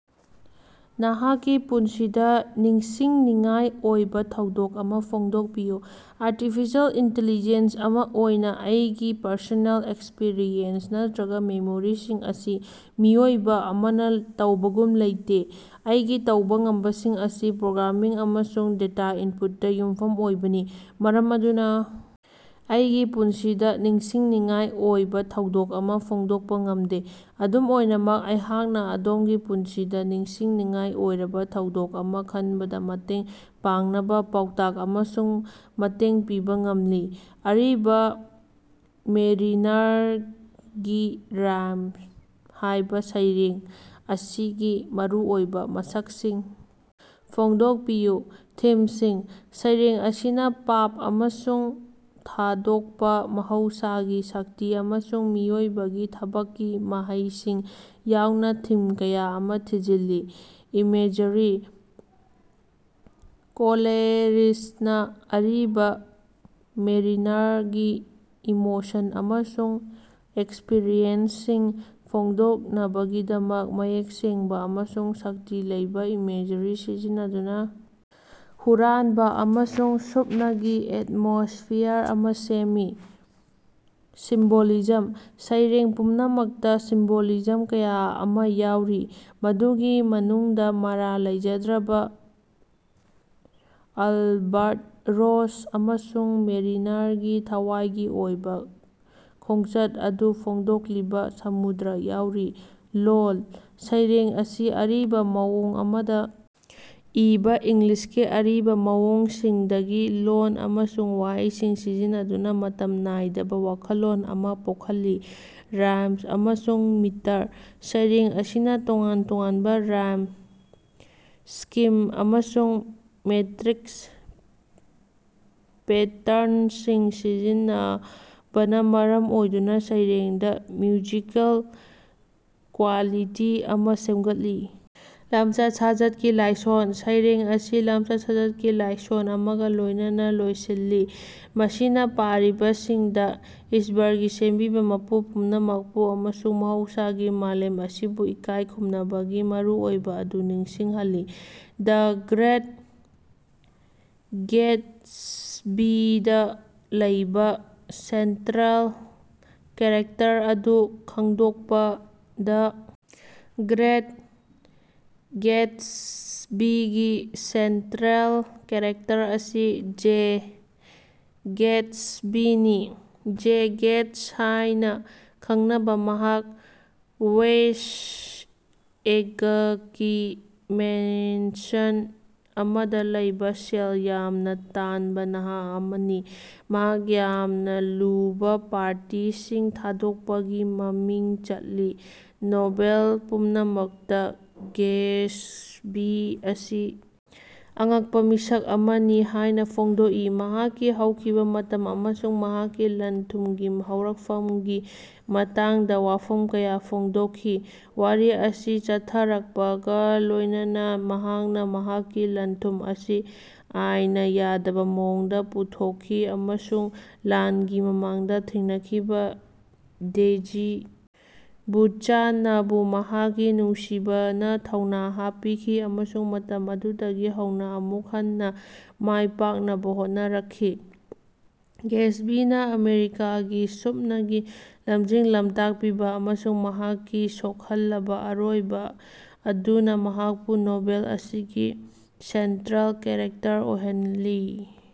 ꯅꯍꯥꯛꯀꯤ ꯄꯨꯟꯁꯤꯗ ꯅꯤꯡꯁꯤꯡꯅꯤꯡꯉꯥꯏ ꯑꯣꯏꯕ ꯊꯧꯗꯣꯛ ꯑꯃ ꯐꯣꯡꯗꯣꯛꯄꯤꯌꯨ꯫ ꯑꯔꯇꯤꯐꯤꯁꯦꯜ ꯏꯟꯇꯤꯂꯤꯖꯦꯟꯁ ꯑꯃ ꯑꯣꯏꯅ ꯑꯩꯒꯤ ꯄꯔꯁꯣꯅꯦꯜ ꯑꯦꯛꯁꯄꯤꯔꯤꯌꯦꯟꯁ ꯅꯠꯇ꯭ꯔꯒ ꯃꯦꯃꯣꯔꯤꯁꯤꯡ ꯑꯁꯤ ꯃꯤꯑꯣꯏꯕ ꯑꯃꯅ ꯇꯧꯕꯒꯨꯝꯅ ꯂꯩꯇꯦ꯫ ꯑꯩꯒꯤ ꯇꯧꯕ ꯉꯝꯕꯁꯤꯡ ꯑꯁꯤ ꯄ꯭ꯔꯣꯒ꯭ꯔꯥꯃꯤꯡ ꯑꯃꯁꯨꯡ ꯗꯦꯇꯥ ꯏꯟꯄꯨꯠꯇꯥ ꯌꯨꯝꯐꯝ ꯑꯣꯏꯕꯅꯤ, ꯃꯔꯝ ꯑꯗꯨꯅ ꯑꯩꯒꯤ ꯄꯨꯟꯁꯤꯗ ꯅꯤꯡꯁꯤꯡꯅꯤꯡꯉꯥꯏ ꯑꯣꯏꯕ ꯊꯧꯗꯣꯛ ꯑꯃ ꯐꯣꯡꯗꯣꯛꯄ ꯉꯝꯗꯦ꯫ ꯑꯗꯨꯝ ꯑꯣꯏꯅꯃꯛ, ꯑꯩꯍꯥꯛꯅ ꯑꯗꯣꯝꯒꯤ ꯄꯨꯟꯁꯤꯗ ꯅꯤꯡꯁꯤꯡꯅꯤꯡꯉꯥꯏ ꯑꯣꯏꯔꯕ ꯊꯧꯗꯣꯛ ꯑꯃ ꯈꯟꯕꯗꯥ ꯃꯇꯦꯡ ꯄꯥꯡꯅꯕ ꯄꯥꯎꯇꯥꯛ ꯑꯃꯁꯨꯡ ꯃꯇꯦꯡ ꯄꯤꯕ ꯉꯝꯂꯤ꯫ "ꯑꯔꯤꯕꯥ ꯃꯦꯔꯤꯅꯔꯒꯤ ꯔꯥꯏꯝ" ꯍꯥꯏꯕ ꯁꯩꯔꯦꯡ ꯑꯁꯤꯒꯤ ꯃꯔꯨꯑꯣꯏꯕ ꯃꯁꯛꯁꯤꯡ ꯐꯣꯡꯗꯣꯛꯄꯤꯌꯨ꯫ ꯊꯤꯝꯁꯤꯡ: ꯁꯩꯔꯦꯡ ꯑꯁꯤꯅ ꯄꯥꯞ ꯑꯃꯁꯨꯡ ꯊꯥꯗꯣꯛꯄ, ꯃꯍꯧꯁꯥꯒꯤ ꯁꯛꯇꯤ, ꯑꯃꯁꯨꯡ ꯃꯤꯑꯣꯏꯕꯒꯤ ꯊꯕꯛꯀꯤ ꯃꯍꯩꯁꯤꯡ ꯌꯥꯎꯅ ꯊꯤꯝ ꯀꯌꯥ ꯑꯃ ꯊꯤꯖꯤꯜꯂꯤ꯫ ꯏꯃꯦꯖꯔꯤ: ꯀꯣꯂꯦꯔꯤꯖꯅꯥ ꯑꯔꯤꯕ ꯃꯦꯔꯤꯅꯔꯒꯤ ꯏꯃꯣꯁꯟ ꯑꯃꯁꯨꯡ ꯑꯦꯛꯁꯄꯤꯔꯤꯌꯦꯟꯁꯁꯤꯡ ꯐꯣꯡꯗꯣꯛꯅꯕꯒꯤꯗꯃꯛ ꯃꯌꯦꯛ ꯁꯦꯡꯕ ꯑꯃꯁꯨꯡ ꯁꯛꯇꯤ ꯂꯩꯕ ꯏꯃꯦꯖꯔꯤ ꯁꯤꯖꯤꯟꯅꯗꯨꯅ ꯍꯨꯔꯥꯟꯕ ꯑꯃꯁꯨꯡ ꯁꯨꯞꯅꯒꯤ ꯑꯦꯠꯃꯣꯁꯐꯤꯌꯥꯔ ꯑꯃ ꯁꯦꯝꯃꯤ꯫ ꯁꯤꯝꯕꯣꯂꯤꯖꯝ: ꯁꯩꯔꯦꯡ ꯄꯨꯝꯅꯃꯛꯇꯥ ꯁꯤꯝꯕꯣꯂꯤꯖꯝ ꯀꯌꯥ ꯑꯃ ꯌꯥꯎꯔꯤ, ꯃꯗꯨꯒꯤ ꯃꯅꯨꯡꯗ ꯃꯔꯥꯜ ꯂꯩꯖꯗ꯭ꯔꯕꯥ ꯑꯜꯕꯠꯔꯣꯁ ꯑꯃꯁꯨꯡ ꯃꯦꯔꯤꯅꯔꯒꯤ ꯊꯋꯥꯏꯒꯤ ꯑꯣꯏꯕ ꯈꯣꯡꯆꯠ ꯑꯗꯨ ꯐꯣꯡꯗꯣꯛꯂꯤꯕ ꯁꯃꯨꯗ꯭ꯔ ꯌꯥꯎꯔꯤ꯫ ꯂꯣꯜ: ꯁꯩꯔꯦꯡ ꯑꯁꯤ ꯑꯔꯤꯕ ꯃꯑꯣꯡ ꯑꯃꯗ ꯏꯕꯥ, ꯏꯪꯂꯤꯁꯀꯤ ꯑꯔꯤꯕ ꯃꯑꯣꯡꯁꯤꯡꯗꯒꯤ ꯂꯣꯜ ꯑꯃꯁꯨꯡ ꯋꯥꯍꯩꯁꯤꯡ ꯁꯤꯖꯤꯟꯅꯗꯨꯅ ꯃꯇꯝ ꯅꯥꯏꯗꯕ ꯋꯥꯈꯜꯂꯣꯟ ꯑꯃ ꯄꯣꯛꯍꯜꯂꯤ꯫ ꯔꯥꯏꯝ ꯑꯃꯁꯨꯡ ꯃꯤꯇꯔ: ꯁꯩꯔꯦꯡ ꯑꯁꯤꯅ ꯇꯣꯉꯥꯟ ꯇꯣꯉꯥꯟꯕ ꯔꯥꯏꯝ ꯁ꯭ꯀꯤꯝ ꯑꯃꯁꯨꯡ ꯃꯦꯇ꯭ꯔꯤꯛ ꯄꯦꯇ꯭ꯔꯟꯁꯤꯡ ꯁꯤꯖꯤꯟꯅꯕꯅ ꯃꯔꯝ ꯑꯣꯏꯗꯨꯅ ꯁꯩꯔꯦꯡꯗ ꯃ꯭ꯌꯨꯖꯤꯀꯦꯜ ꯀ꯭ꯋꯥꯂꯤꯇꯤ ꯑꯃ ꯁꯦꯝꯒꯠꯂꯤ꯫ ꯂꯝꯆꯠ-ꯁꯥꯖꯠꯀꯤ ꯂꯥꯏꯁꯣꯟ: ꯁꯩꯔꯦꯡ ꯑꯁꯤ ꯂꯝꯆꯠ-ꯁꯥꯖꯠꯀꯤ ꯂꯥꯏꯁꯣꯟ ꯑꯃꯒ ꯂꯣꯏꯅꯅꯥ ꯂꯣꯏꯁꯤꯜꯂꯤ, ꯃꯁꯤꯅ ꯄꯥꯔꯤꯕꯁꯤꯡꯗ ꯏꯁ꯭ꯕꯔꯒꯤ ꯁꯦꯝꯕꯤꯕꯥ ꯃꯄꯨ ꯄꯨꯝꯅꯃꯛꯄꯨ ꯑꯃꯁꯨꯡ ꯃꯍꯧꯁꯥꯒꯤ ꯃꯥꯂꯦꯝ ꯑꯁꯤꯕꯨ ꯏꯀꯥꯏ ꯈꯨꯝꯅꯕꯒꯤ ꯃꯔꯨꯑꯣꯏꯕ ꯑꯗꯨ ꯅꯤꯡꯁꯤꯡꯍꯜꯂꯤ꯫ ꯗ ꯒ꯭ꯔꯦꯠ ꯒꯦꯠꯁꯕꯤꯗꯥ ꯂꯩꯕ ꯁꯦꯟꯇ꯭ꯔꯦꯜ ꯀꯦꯔꯦꯛꯇꯔ ꯑꯗꯨ ꯈꯪꯗꯣꯛꯄꯥ꯫ ꯗ ꯒ꯭ꯔꯦꯠ ꯒꯦꯠꯁꯕꯤꯒꯤ ꯁꯦꯟꯇ꯭ꯔꯦꯜ ꯀꯦꯔꯦꯛꯇꯔ ꯑꯁꯤ ꯖꯦ ꯒꯦꯠꯁꯕꯤꯅꯤ꯫ ꯖꯦ ꯒꯦꯠꯁ ꯍꯥꯏꯅ ꯈꯪꯅꯕ ꯃꯍꯥꯛ ꯋꯦꯁ꯭ꯠ ꯑꯦꯒꯀꯤ ꯃꯦꯟꯁꯟ ꯑꯃꯗ ꯂꯩꯕ ꯁꯦꯜ ꯌꯥꯝꯅ ꯇꯥꯟꯕ ꯅꯍꯥ ꯑꯃꯅꯤ, ꯃꯍꯥꯛ ꯌꯥꯝꯅ ꯂꯨꯕ ꯄꯥꯔꯇꯤꯁꯤꯡ ꯊꯥꯗꯣꯛꯄꯒꯤ ꯃꯃꯤꯡ ꯆꯠꯂꯤ꯫ ꯅꯣꯚꯦꯜ ꯄꯨꯝꯅꯃꯛꯇꯥ ꯒꯦꯠꯁꯕꯤ ꯑꯁꯤ ꯑꯉꯛꯄꯥ ꯃꯤꯁꯛ ꯑꯃꯅꯤ ꯍꯥꯏꯅ ꯐꯣꯡꯗꯣꯛꯏ, ꯃꯍꯥꯛꯀꯤ ꯍꯧꯈꯤꯕ ꯃꯇꯝ ꯑꯃꯁꯨꯡ ꯃꯍꯥꯛꯀꯤ ꯂꯟ-ꯊꯨꯝꯒꯤ ꯍꯧꯔꯛꯐꯝꯒꯤ ꯃꯇꯥꯡꯗ ꯋꯥꯐꯝ ꯀꯌꯥ ꯐꯣꯡꯗꯣꯛꯈꯤ꯫ ꯋꯥꯔꯤ ꯑꯁꯤ ꯆꯠꯊꯔꯛꯄꯒꯥ ꯂꯣꯏꯅꯅꯥ ꯃꯍꯥꯛꯅ ꯃꯍꯥꯛꯀꯤ ꯂꯟ-ꯊꯨꯝ ꯑꯁꯤ ꯑꯥꯏꯟꯅꯥ ꯌꯥꯗꯕ ꯃꯑꯣꯡꯗ ꯄꯨꯊꯣꯛꯈꯤ ꯑꯃꯁꯨꯡ ꯂꯥꯟꯒꯤ ꯃꯃꯥꯡꯗ ꯊꯦꯡꯅꯈꯤꯕ ꯗꯦꯖꯤ ꯕꯨꯆꯥꯟꯅꯕꯨ ꯃꯍꯥꯛꯀꯤ ꯅꯨꯡꯁꯤꯕꯅ ꯊꯧꯅꯥ ꯍꯥꯞꯄꯤꯈꯤ ꯑꯃꯁꯨꯡ ꯃꯇꯝ ꯑꯗꯨꯗꯒꯤ ꯍꯧꯅꯥ ꯑꯃꯨꯛ ꯍꯟꯅꯥ ꯃꯥꯏ ꯄꯥꯛꯅꯕ ꯍꯣꯠꯅꯔꯛꯈꯤ꯫ ꯒꯦꯠꯁꯕꯤꯅꯥ ꯑꯃꯦꯔꯤꯀꯥꯒꯤ ꯁꯨꯞꯅꯒꯤ ꯂꯝꯖꯤꯡ ꯂꯝꯇꯥꯛꯄꯤꯕ ꯑꯃꯁꯨꯡ ꯃꯍꯥꯛꯀꯤ ꯁꯣꯛꯍꯜꯂꯕꯥ ꯑꯔꯣꯏꯕ ꯑꯗꯨꯅ ꯃꯍꯥꯛꯄꯨ ꯅꯣꯚꯦꯜ ꯑꯁꯤꯒꯤ ꯁꯦꯟꯇ꯭ꯔꯦꯜ ꯀꯦꯔꯦꯛꯇꯔ ꯑꯣꯏꯍꯜꯂꯤ꯫